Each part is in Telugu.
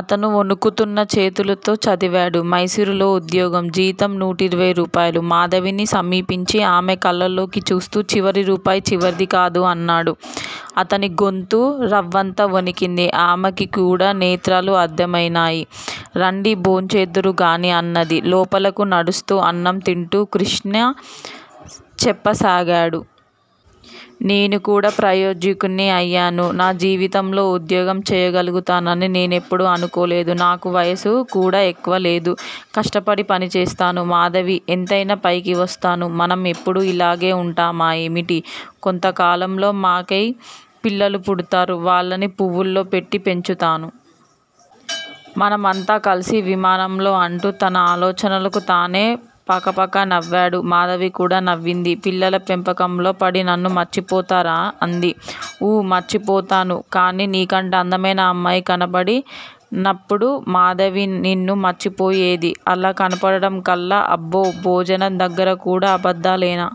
అతను వణుకుతున్న చేతుల్తో చదివాడు. మైసూరులోనే ఉద్యోగం. జీతం నూటయిరవై రూపాయలు. మాధవిని సమీపించి ఆమె కళ్ళలోకి చూస్తూ చివరి రూపాయి చివరిదికాదు అన్నాడు. అతనిగొంతు రవ్వంత వణికింది. ఆమెకికూడా నేత్రాలు ఆర్ద్రమైనాయి. రండి భోంచేద్దురు గాని అన్నది, లోపలకు నడుస్తూ. అన్నం తింటూ కృష్ణ చెప్పసాగాడు. నేనుకూడా ప్రయోజకుడ్ని అయాను. నా జీవితంలో ఉద్యోగం చెయ్యగలుగుతానని నేనెన్నడూ అనుకోలేదు. నాకు వయస్సు కూడా ఎక్కువలేదు. కష్టపడి పని చేస్తాను. మాధవీ! ఎంతయినా పైకి వస్తాను. మనం ఎప్పుడూ యిలాగే వుంటామా ఏమిటి? కొంతకాలంలో మాకై పిల్లలు పుడతారు. వాళ్ళని పువ్వుల్లో పెట్టి పెంచుతాను. మనమంతా కలిసి విమానంలో అంటూ తన ఆలోచనలకు తనే పకపక నవ్వాడు. మాధవికూడా నవ్వింది. పిల్లల పెంపకంలో పడి నన్ను మరచిపోతారా? అంది. ఊ, మరచిపోతాను. కాని నీకంటే అందమైన అమ్మాయి కనబడి నప్పుడుగా మాధవీ నిన్ను మరచిపోయేది. అలా కనబడటం కల్ల! అబ్బో! భోజనందగ్గరకూడా అబద్దాలేనా?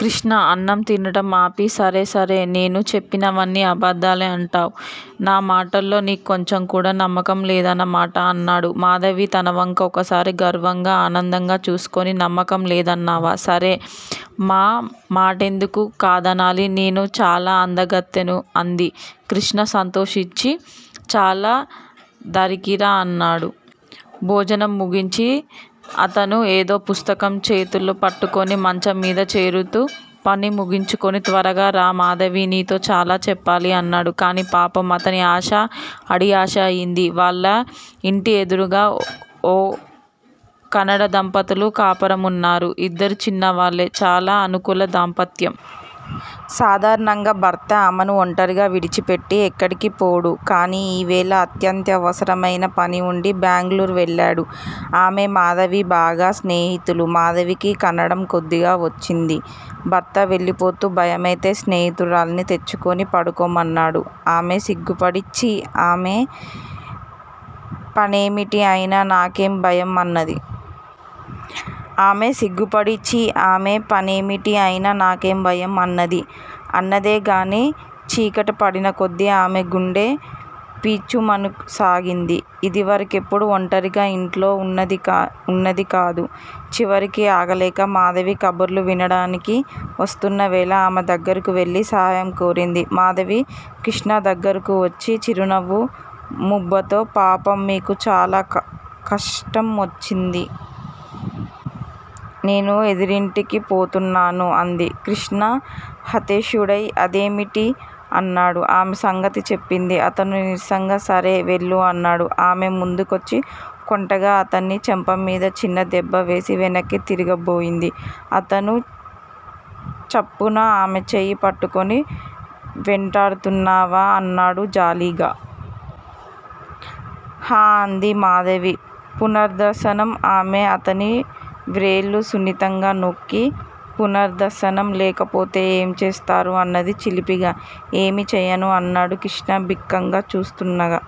కృష్ణ అన్నంతినటం ఆపి సరే సరే, నేను చెప్పేవన్నీ అబద్దాలేనంటావ్. నామాటల్లో నీకు కొంచెంకూడా నమ్మకం లేదన్నమాట అన్నాడు. మాధవి తనవంక ఒకసారి గర్వంగా, ఆనందంగా చూసుకుని నమ్మకం లేదన్నానా? సరే మా మాటెందుకు కాదనాలి? నేను చాలా అందగత్తెను అంది. కృష్ణ సంతోషించి అలా దారికిరా అన్నాడు. భోజనం ముగించి అతను ఏదో పుస్తకం చేతిలో పట్టుకుని మంచం మీద చేరుతూ పని ముగించుకుని త్వరగా రా మాధవీ! నీతో చాలాచెప్పాలి అన్నాడు. కానీ పాపం అతని ఆశ అడియాశ అయింది. వాళ్ళ యింటి ఎదురుగా ఓ కన్నడదంపతులు కాపురమున్నారు. ఇద్దరూ చిన్నవాళ్ళే. చాలా అనుకూల దాంపత్యం. సాధారణంగా భర్త ఆమెను ఒంటరిగా విడిచిపెట్టి ఎక్కడికీ పోడు. కానీ ఈవేళ అత్యవసరమైన పనివుండి బెంగుళూరు వెళ్ళాడు. ఆమె, మాధవీ బాగా స్నేహితులు. మాధవికి కన్నడం కొద్దిగా వచ్చింది. భర్త వెళ్ళిపోతూ భయమైతే స్నేహితురాల్ని తెచ్చుకుని పడుకోమన్నాడు. ఆమె సిగ్గుపడి, ఛీ, ఆమె పెనెమిటి అయినా నాకేం భయం అన్నది. ఆమె సిగ్గుపడి, ఛీ ఆమె పెనిమిటి అయినా నాకేం భయం అన్నది. అన్నదేగానీ చీకటిపడినకొద్దీ ఆమె గుండె పీచుపీచుమనసాగింది. ఇదివరకెప్పుడూ ఒంటరిగా యింట్లో వున్నదికాదు. చివరికి ఆగలేక మాధవి కబుర్లు వినడానికని వస్తున్నవేళ ఆమె దగ్గరకు వెళ్ళి సహాయం కోరింది. మాధవి కృష్ణదగ్గరకు వచ్చి చిరునవ్వు ముఖంతో పాపం మీకు చాలా కష్టం వచ్చింది. నేను ఎదురింటికీ పోతున్నాను అంది. కృష్ణ హతాశుడై అదేమిటి? అన్నాడు. ఆమె సంగతి చెప్పింది. అతను నీరసంగా సరే, వెళ్ళు అన్నాడు. ఆమె ముందుకొచ్చి కొంటెగా అతని చెంపమీద చిన్న దెబ్బవేసి వెనక్కి తిరగబోయింది. అతను చప్పున ఆమె చెయ్యి పట్టుకుని వెంటడుతున్నావా? అన్నాడు జాలిగా. హ అంది మాధవి. పునద్దర్సనం? ఆమె అతని వ్రేళ్ళు సున్నితంగా నొక్కి పునద్దర్సనం లేకపోతే ఏం చేస్తారు? అన్నది చిలిపిగా. ఏమీ చెయ్యను అన్నాడు కృష్ణ బింకంగా. చూస్తానుగా